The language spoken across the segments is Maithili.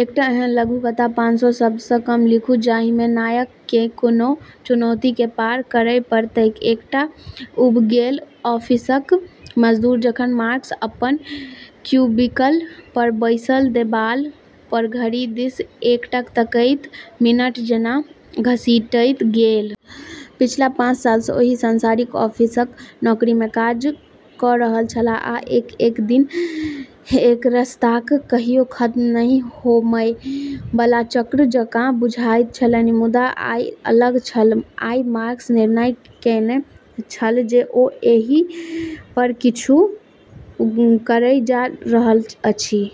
एकटा एहन लघुकथा पानसौ शब्द सँ कम लिखू जाहि मे नायक केँ कोनो चुनौती केँ पार करय पड़तैक, एकटा ऊब गेल ऑफिसक मजदूर जखन मार्कस अपन क्यूबिकल पर बैसल, देबाल पर घड़ी दिस एकटक तकैत, मिनट जेना घसीटैत गेल। पिछला पाँच साल सॅं ओही सांसारिक ऑफिसक नौकरी मे काज क रहल छलाह आ एक-एक दिन एकरसताक कहियो खत्म नहि होमय बला चक्र जकाँ बुझाइत छलनि। मुदा आइ अलग छल, आइ मार्कस निर्णय कएने छल जे ओ एहि पर किछु करय जा रहल अछि।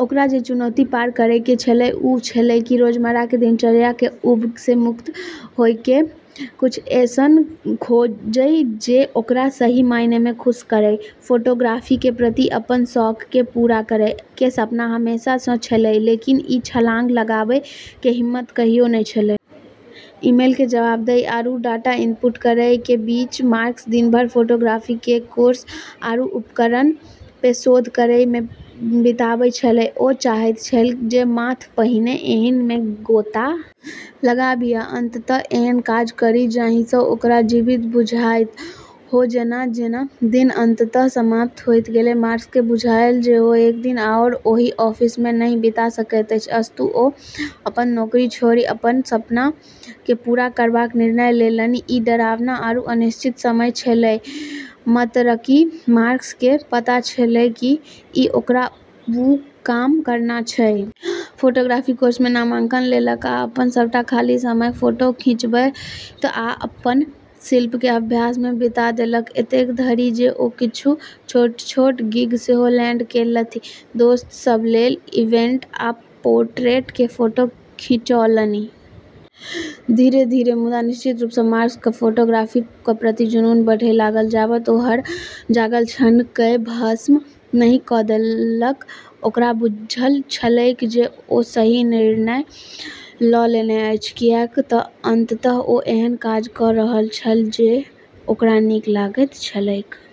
ओकरा जे चुनौती पार करै के छेलै, वू छेलै कि रोजमर्रा के दिनचर्या के ऊब सें मुक्त होय के कुछ ऐसनऽ खोजै जे ओकरा सही मायने में खुश करै। फोटोग्राफी के प्रति अपनऽ शौक के पूरा करै के सपना हमेशा स॑ छेलै, लेकिन ई छलांग लगाबै के हिम्मत कहियो नै छेलै। ईमेल के जवाब दै आरू डाटा इनपुट करै के बीच मार्कस दिन भर फोटोग्राफी के कोर्स आरू उपकरणऽ पे शोध करै मे बिताबै छेलै। ओ चाहैत छल जे माथ पहिने एहि मे गोता लगाबी आ अंतत एहन काज करी जाहि सँ ओकरा जीवित बुझाइत हो जेना-जेना दिन अंततः समाप्त होइत गेलै, मार्कस के बुझायल जे ओ एक दिन आओर ओहि ऑफिस मे नहि बिता सकैत अछि, अस्तु ओ अपन नौकरी छोड़ि अपन सपना के पूरा करबाक निर्णय लेलनि, ई डरावना आरू अनिश्चित समय छेलै, मतरकि मार्कस के पता छेलै कि ई ओकरा वू काम करना छै। फोटोग्राफी कोर्स में नामांकन लेलक आ अपन सबटा खाली समय फोटो खिंचबैत आ अपन शिल्प के अभ्यास में बिता देलक, एतेक धरि जे ओ किछु छोट-छोट गिग सेहो लैंड केलथि, दोस्त सब लेल इवेंट आ पोट्रेट के फोटो खिंचौलनि। धीरे-धीरे मुदा निश्चित रूप स मार्कस क फोटोग्राफी क प्रति जुनून बढ़य लागल, जाबत ओ हर जागल क्षण कए भस्म नहि क देलक। ओकरा बुझल छलैक जे ओ सही निर्णय ल लेने अछि, किएक त अंततः ओ एहन काज क रहल छल जे ओकरा नीक लगैत छलैक।